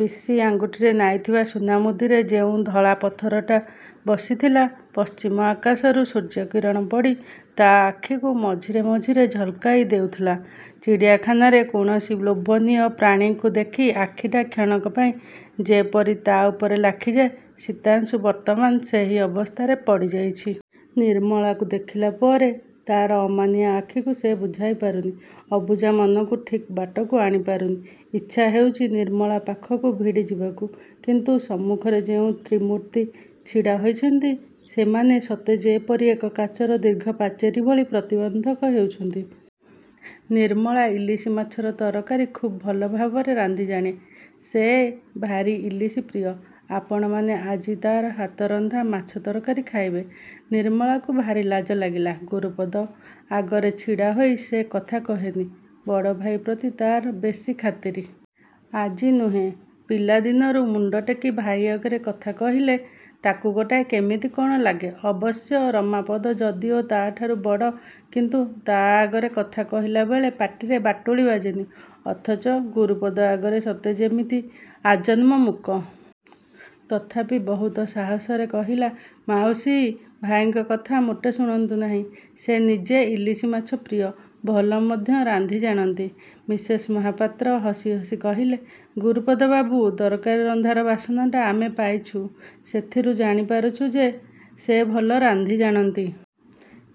ବିଶି ଆଙ୍ଗୁଠିରେ ନାଇଥିବା ସୁନାମୁଦିରେ ଯେଉଁ ଧଳାପଥରଟା ବସିଥିଲା, ପଶ୍ଚିମ ଆକାଶରୁ ସୂର୍ଯ୍ୟକିରଣ ପଡ଼ି ତା' ଆଖିକୁ ମଝିରେ ମଝିରେ ଝଲକାଇ ଦେଉଥିଲା। ଚିଡ଼ିଆଖାନାରେ କୌଣସି ଲୋଭନୀୟ ପ୍ରାଣୀକୁ ଦେଖି ଆଖିଟା କ୍ଷଣକ ପାଇଁ ଯେପରି ତା' ଉପରେ ଲାଖିଯାଏ, ଶୀତାଂଶୁ ବର୍ତ୍ତମାନ୍ ସେହି ଅବସ୍ଥାରେ ପଡ଼ିଯାଇଛି। ନିର୍ମଳାକୁ ଦେଖିଲା ପରେ ତା'ର ଅମାନିଆ ଆଖିକୁ ସେ ବୁଝାଇ ପାରୁନି। ଅବୁଝା ମନକୁ ଠିକ୍ ବାଟକୁ ଆଣିପାରୁନି। ଇଚ୍ଛା ହେଉଛି ନିର୍ମଳା ପାଖକୁ ଭିଡ଼ିଯିବାକୁ। କିନ୍ତୁ ସମ୍ମୁଖରେ ଯେଉଁ ତ୍ରିମୂର୍ତ୍ତି ଛିଡ଼ା ହୋଇଛନ୍ତି, ସେମାନେ ସତେ ଯେପରି ଏକ କାଚର ଦୀର୍ଘ ପାଚେରୀଭଳି ପ୍ରତିବନ୍ଧକ ହେଉଛନ୍ତି। ନିର୍ମଳା ଇଲିସି ମାଛର ତରକାରୀ ଖୁବ୍ ଭଲ ଭାବରେ ରାନ୍ଧି ଜାଣେ। ସେ ଭାରି ଇଲିସି ପ୍ରିୟ, ଆପଣମାନେ ଆଜି ତା'ର ହାତରନ୍ଧା ମାଛ ତରକାରୀ ଖାଇବେ। ନିର୍ମଳାକୁ ଭାରି ଲାଜ ଲାଗିଲା, ଗୁରୁପଦ ଆଗରେ ଛିଡ଼ା ହୋଇ ସେ କଥା କହେନି। ବଡ଼ଭାଇ ପ୍ରତି ତା'ର ବେଶି ଖାତିରି। ଆଜି ନୁହେଁ ପିଲାଦିନରୁ ମୁଣ୍ଡଟେକି ଭାଇ ଆଗରେ କଥା କହିଲେ ତା'କୁ ଗୋଟାଏ କେମିତି କ'ଣ ଲାଗେ? ଅବଶ୍ୟ ରମାପଦ ଯଦିଓ ତା'ଠାରୁ ବଡ଼, କିନ୍ତୁ ତା' ଆଗରେ କଥା କହିଲାବେଳେ ପାଟିରେ ବାଟୁଳି ବାଜେନି। ଅଥଚ ଗୁରୁପଦ ଆଗରେ ସତେ ଯେମିତି ଆଜନ୍ମ ମୁକ। ତଥାପି ବହୁତ ସାହସରେ କହିଲା, ମାଉସୀ, ଭାଇଙ୍କ କଥା ମୋଟେ ଶୁଣନ୍ତୁ ନାହିଁ। ସେ ନିଜେ ଇଲିସି ମାଛ ପ୍ରିୟ, ଭଲ ମଧ୍ୟ ରାନ୍ଧି ଜାଣନ୍ତି। ମିସେସ୍ ମହାପାତ୍ର ହସି ହସି କହିଲେ, ଗୁରୁପଦ ବାବୁ ତରକାରୀ ରନ୍ଧାର ବାସନାଟା ଆମେ ପାଇଛୁ। ସେଥିରୁ ଜାଣିପାରିଛୁ ଯେ ସେ ଭଲ ରାନ୍ଧି ଜାଣନ୍ତି।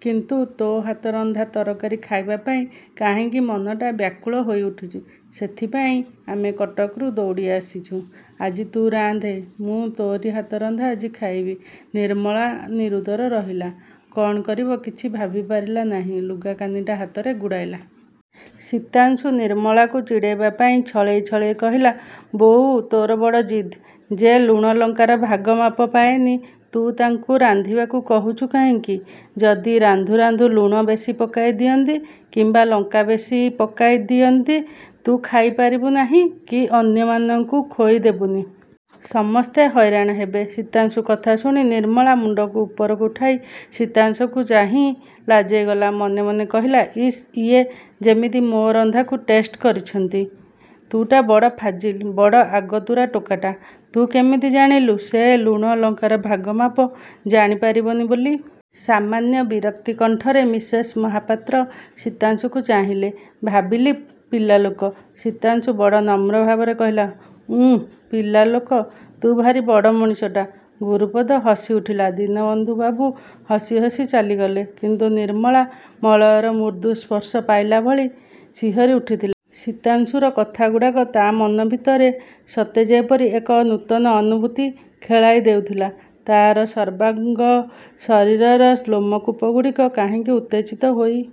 କିନ୍ତୁ ତୋ ହାତରନ୍ଧା ତରକାରୀ ଖାଇବା ପାଇଁ କାହିଁକି ମୋ ମନଟା ବ୍ୟାକୁଳ ହୋଇଉଠୁଛି ସେଥିପାଇଁ ଆମେ କଟକରୁ ଦୌଡ଼ି ଆସିଛୁ। ଆଜି ତୁ ରାନ୍ଧେ। ମୁଁ ତୋରି ହାତରନ୍ଧା ଆଜି ଖାଇବି। ନିର୍ମଳା ନିରୁତ୍ତର ରହିଲା। କ'ଣ କରିବ କିଛି ଭାବିପାରିଲା ନାହିଁ। ଲୁଗାକାନିଟା ହାତରେ ଗୁଡ଼ାଇଲା। ଶୀତାଂଶୁ ନିର୍ମଳାକୁ ଚିଡ଼େଇ ଦେବା ପାଇଁ ଛଳେଇ ଛଳେଇ କହିଲା, ବୋଉ ତୋର ବଡ଼ ଜିଦ୍। ଯେ ଲୁଣ ଲଙ୍କାର ଭାଗମାପ ପାଏନି, ତୁ ତାଙ୍କୁ ରାନ୍ଧିବାକୁ କହୁଛୁ କାହିଁକି? ଯଦି ରାନ୍ଧୁ ରାନ୍ଧୁ ଲୁଣ ବେଶି ପକାଇ ଦିଅନ୍ତି କିମ୍ୱା ଲଙ୍କା ବେଶି ପକାଇ ଦିଅନ୍ତି, ତୁ ଖାଇପାରିବୁ ନାହିଁ କି ଅନ୍ୟମାନଙ୍କୁ ଖୋଇ ଦେବୁନି। ସମସ୍ତେ ହଇରାଣ ହେବେ। ଶୀତାଂଶୁ କଥା ଶୁଣି ନିର୍ମଳା ମୁଣ୍ଡକୁ ଉପରକୁ ଉଠାଇ ଶୀତାଂଶୁକୁ ଚାହିଁ ଲାଜେଇ ଗଲା। ମନେ ମନେ କହିଲା, ଇସ୍ ଇଏ ଯିମିତି ମୋ ରନ୍ଧାକୁ ଟେଷ୍ଟ କରିଛନ୍ତି। ତୁ ଟା ବଡ଼ ଫାଜିଲ୍। ବଡ଼ ଆଗତୁରା ଟୋକାଟା। ତୁ କେମିତି ଜାଣିଲୁ ସେ ଲୁଣ ଲଙ୍କାର ଭାଗ ମାପ ଜାଣି ପାରିବନି ବୋଲି? ସାମାନ୍ୟ ବିରକ୍ତି କଣ୍ଠରେ ମିସେସ୍ ମହାପାତ୍ର ଶୀତାଂଶୁକୁ ଚାହିଁ କହିଲେ। ଭାବିଲି ପିଲାଲୋକ। ଶୀତାଂଶୁ ବଡ଼ ନମ୍ର ଭାବରେ କହିଲା। ଉଁ ପିଲାଲୋକ ତୁ ଭାରି ବଡ଼ ମଣିଷଟା। ଗୁରୁପଦ ହସି ଉଠିଲା ଦୀନବନ୍ଧୁ ବାବୁ ହସି ହସି ଚାଲିଗଲେ। କିନ୍ତୁ ନିର୍ମଳା ମଳୟର ମୃଦୁ ସ୍ପର୍ଶ ପାଇଲା ଭଳି ଶିହରୀ ଉଠିଥିଲା। ଶୀତାଂଶୁର କଥାଗୁଡ଼ାକ ତା' ମନ ଭିତରେ ସତେ ଯେପରି ଏକ ନୂତନ ଅନୁଭୂତି ଖେଳାଇ ଦେଉଥିଲା। ତା'ର ସର୍ବାଙ୍ଗ ଶରୀରର ଲୋମକୂପଗୁଡ଼ିକ କାହିଁକି ଉତ୍ତେଜିତ ହୋଇ